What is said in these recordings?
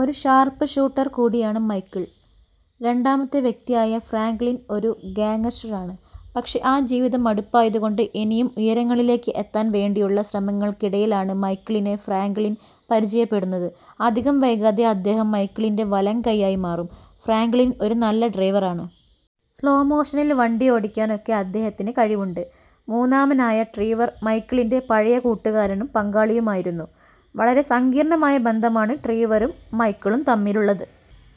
ഒരു Sharp shooter കൂടിയാണ് Michael. രണ്ടാമത്തെ വ്യക്തിയായ ഫ്രാങ്കളിന് ഒരു ഗാങ്സ്റ്റര് ആണ്. പക്ഷെ ആ ജീവിതം മടുപ്പായതുകൊണ്ട് ഇനിയും ഉയരങ്ങളിലേക്ക് എത്താന് വേണ്ടിയുള്ള ശ്രമങ്ങള്ക്കിടയിലാണ് മൈക്കിളിനെ ഫ്രാങ്കളിന് പരിചയപ്പെടുന്നത്. അധികം വൈകാതെ അദ്ദേഹം മൈക്കിളിന്റെ വലംകയ്യായി മാറും. ഫ്രാങ്കളിന് ഒരു നല്ല ഡ്രൈവറാണ്. സ്ലോ മോഷനില് വണ്ടി ഓടിക്കാനൊക്കെ അദ്ദേഹത്തിന് കഴിവുണ്ട്. മൂന്നാമനായ ട്രീവര് മൈക്കിളിന്റെ പഴയ കൂട്ടുകാരനും പങ്കാളിയുമായിരുന്നു, വളരെ സങ്കീര്ണ്ണമായ ബന്ധമാണ് ട്രീവറും മൈക്കിളും തമ്മിലുള്ളത്.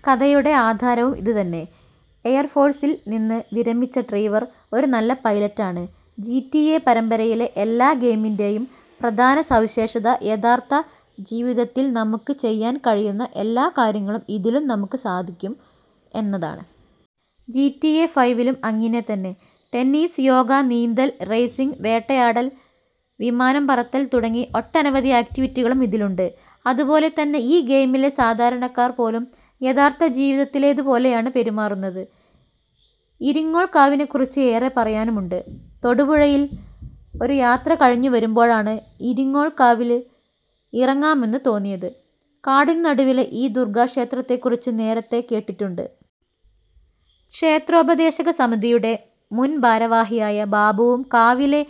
കഥയുടെ ആധാരവും ഇത് തന്നെ. എയര് ഫോഴ്സില് നിന്ന് വിരമിച്ച ട്രീവര് ഒരു നല്ല പൈലറ്റാണ്. ജിറ്റിഎ പരമ്പരയിലെ എല്ലാ ഗെയിമിന്റെയും പ്രധാന സവിശേഷത, യഥാര്ത്ഥ ജീവിതത്തില് നമുക്ക് ചെയ്യാന് കഴിയുന്ന എല്ലാ കാര്യങ്ങളും ഇതിലും നമുക്ക് സാധിക്കും എന്നതാണ്. ജിറ്റിഎ ഫൈവിലും അങ്ങിനെ തന്നെ. ടെന്നീസ്, യോഗ, നീന്തല്, റേസിംഗ്, വേട്ടയാടല്, വിമാനം പറത്തല് തുടങ്ങി ഒട്ടനവധി ആക്റ്റിവിറ്റികളും ഇതിലുണ്ട്. അതുപോലെ തന്നെ, ഈ ഗെയിമിലെ സാധാരണക്കാര് പോലും യഥാര്ത്ഥ ജീവിതത്തിലേതു പോലെയാണ് പെരുമാറുന്നത്. ഇരിങ്ങോള്കാവിനെക്കുറിച്ച് ഏറെ പറയാനുമുണ്ട്. തൊടുപുഴയില് ഒരു യാത്ര കഴിഞ്ഞുവരുമ്പോഴാണ് ഇരിങ്ങോള്കാവില് ഇറങ്ങാമെന്ന് തോന്നിയത്. കാടിനു നടുവിലെ ഈ ദുര്ഗാക്ഷേത്രത്തെക്കുറിച്ച് നേരത്തെ കേട്ടിട്ടുണ്ട്. ക്ഷേത്രോപദേശക സമിതിയുടെ മുന്ഭാരവാഹിയായ ബാബുവും കാവിലെ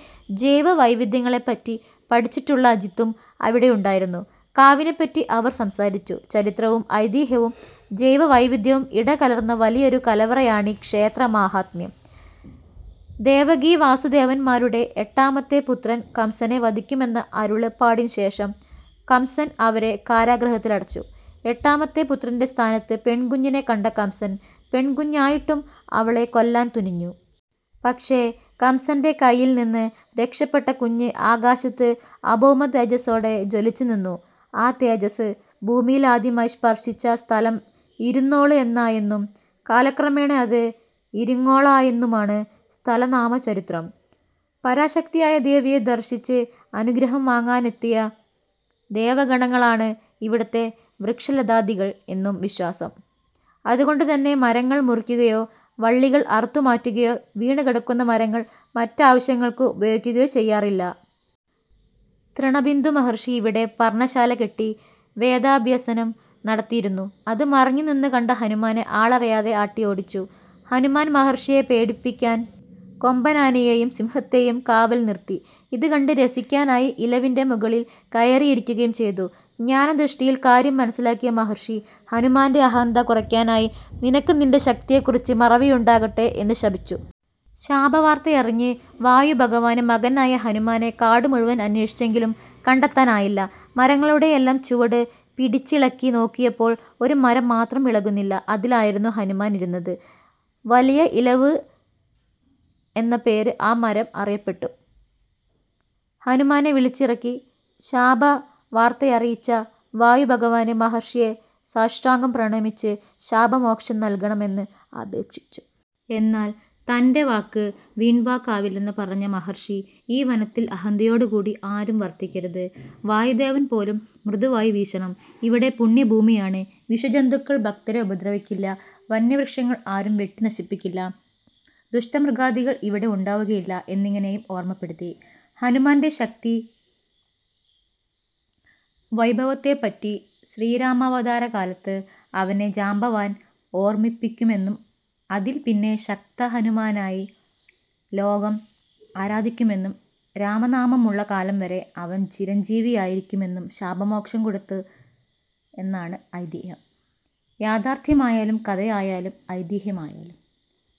ജൈവവൈവിധ്യങ്ങളെപ്പറ്റി പഠിച്ചിട്ടുള്ള അജിത്തും അവിടെയുണ്ടായിരുന്നു. കാവിനെപ്പറ്റി അവര് സംസാരിച്ചു. ചരിത്രവും ഐതിഹ്യവും ജൈവവൈവിധ്യവും ഇടകലര്ന്ന വലിയൊരു കലവറയാണീ ക്ഷേത്രമാഹാത്മ്യം. ദേവകീവാസുദേവന്മാരുടെ എട്ടാമത്തെ പുത്രന് കംസനെ വധിക്കുമെന്ന അരുളപ്പാടിനുശേഷം കംസന് അവരെ കാരാഗൃഹത്തിലടച്ചു. എട്ടാമത്തെ പുത്രന്റെ സ്ഥാനത്ത് പെണ്കുഞ്ഞിനെ കണ്ട കംസന് പെണ്കുഞ്ഞായിട്ടും അവളെ കൊല്ലാന് തുനിഞ്ഞു. പക്ഷേ, കംസന്റെ കയ്യില്നിന്ന് രക്ഷപ്പെട്ട കുഞ്ഞ് ആകാശത്ത് അഭൗമതേജസ്സോടെ ജ്വലിച്ചുനിന്നു. ആ തേജസ്സ് ഭൂമിയില് ആദ്യമായി സ്പര്ശിച്ച സ്ഥലം ഇരുന്നോള് എന്നായെന്നും കാലക്രമേണ അത് ഇരിങ്ങോളായെന്നുമാണ് സ്ഥലനാമ ചരിത്രം. പരാശക്തിയായ ദേവിയെ ദര്ശിച്ച് അനുഗ്രഹം വാങ്ങാനെത്തിയ ദേവഗണങ്ങളാണ് ഇവിടുത്തെ വൃക്ഷലതാദികള് എന്നും വിശ്വാസം. അതുകൊണ്ടുതന്നെ മരങ്ങള് മുറിക്കുകയോ വള്ളികള് അറുത്തുമാറ്റുകയോ വീണുകിടക്കുന്ന മരങ്ങള് മറ്റാവശ്യങ്ങള്ക്ക് ഉപയോഗിക്കുകയോ ചെയ്യാറില്ല. തൃണബിന്ദു മഹര്ഷി ഇവിടെ പര്ണശാല കെട്ടി വേദാഭ്യസനം നടത്തിയിരുന്നു. അത് മറഞ്ഞുനിന്നു കണ്ട ഹനുമാനെ ആളറിയാതെ ആട്ടിയോടിച്ചു. ഹനുമാന് മഹര്ഷിയെ പേടിപ്പിക്കാന് കൊമ്പനാനയെയും സിംഹത്തെയും കാവല് നിര്ത്തി. ഇതുകണ്ട് രസിക്കാനായി ഇലവിന്റെ മുകളില് കയറിയിരിക്കുകയും ചെയ്തു. ജ്ഞാനദൃഷ്ടിയില് കാര്യം മനസ്സിലാക്കിയ മഹര്ഷി ഹനുമാന്റെ അഹന്ത കുറയ്ക്കാനായി നിനക്ക് നിന്റെ ശക്തിയെക്കുറിച്ച് മറവിയുണ്ടാവട്ടെ എന്നു ശപിച്ചു. ശാപവാര്ത്തയറിഞ്ഞ് വായുഭഗവാന് മകനായ ഹനുമാനെ കാടു മുഴുവന് അന്വേഷിച്ചെങ്കിലും കണ്ടെത്താനായില്ല. മരങ്ങളുടെയെല്ലാം ചുവട് പിടിച്ചിളക്കിനോക്കിയപ്പോള് ഒരു മരം മാത്രം ഇളകുന്നില്ല. അതിലായിരുന്നു ഹനുമാന് ഇരുന്നത്. വലിയ ഇലവ് എന്ന പേരില് ആ മരം അറിയപ്പെട്ടു. ഹനുമാനെ വിളിച്ചിറക്കി ശാപവാര്ത്തയറിയിച്ച വായുഭഗവാന് മഹര്ഷിയെ സാഷ്ടാംഗം പ്രണമിച്ച് ശാപമോക്ഷം നല്കണമെന്ന് അപേക്ഷിച്ചു. എന്നാല് തന്റെ വാക്ക് വീണ്വാക്ക് ആവില്ലെന്ന് പറഞ്ഞ മഹര്ഷി ഈ വനത്തില് അഹന്തയോടുകൂടി ആരും വര്ത്തിക്കരുത്. വായുദേവന്പോലും മൃദുവായി വീശണം. ഇവിടം പുണ്യഭൂമിയാണ്, വിഷജന്തുക്കള് ഭക്തരെ ഉപദ്രവിക്കില്ല. വന്വൃക്ഷങ്ങള് ആരും വെട്ടിനശിപ്പിക്കില്ല. ദുഷ്ടമൃഗാദികള് ഇവിടെ ഉണ്ടാവുകയില്ല എന്നിങ്ങനെയും ഓര്മപ്പെടുത്തി. ഹനുമാന്റെ ശക്തി വൈഭവത്തെപറ്റി ശ്രീരാമാവതാരകാലത്ത് അവനെ ജാംബവാന് ഓര്മിപ്പിക്കുമെന്നും അതില് പിന്നെ ശക്തഹനുമാനായി ലോകം ആരാധിക്കുമെന്നും രാമനാമമുള്ള കാലം വരെ അവന് ചിരഞ്ജീവിയായിരിക്കുമെന്നും ശാപമോക്ഷം കൊടുത്തു എന്നാണ് ഐതിഹ്യം. യാഥാര്ഥ്യമായാലും കഥയായാലും ഐതിഹ്യമായാലും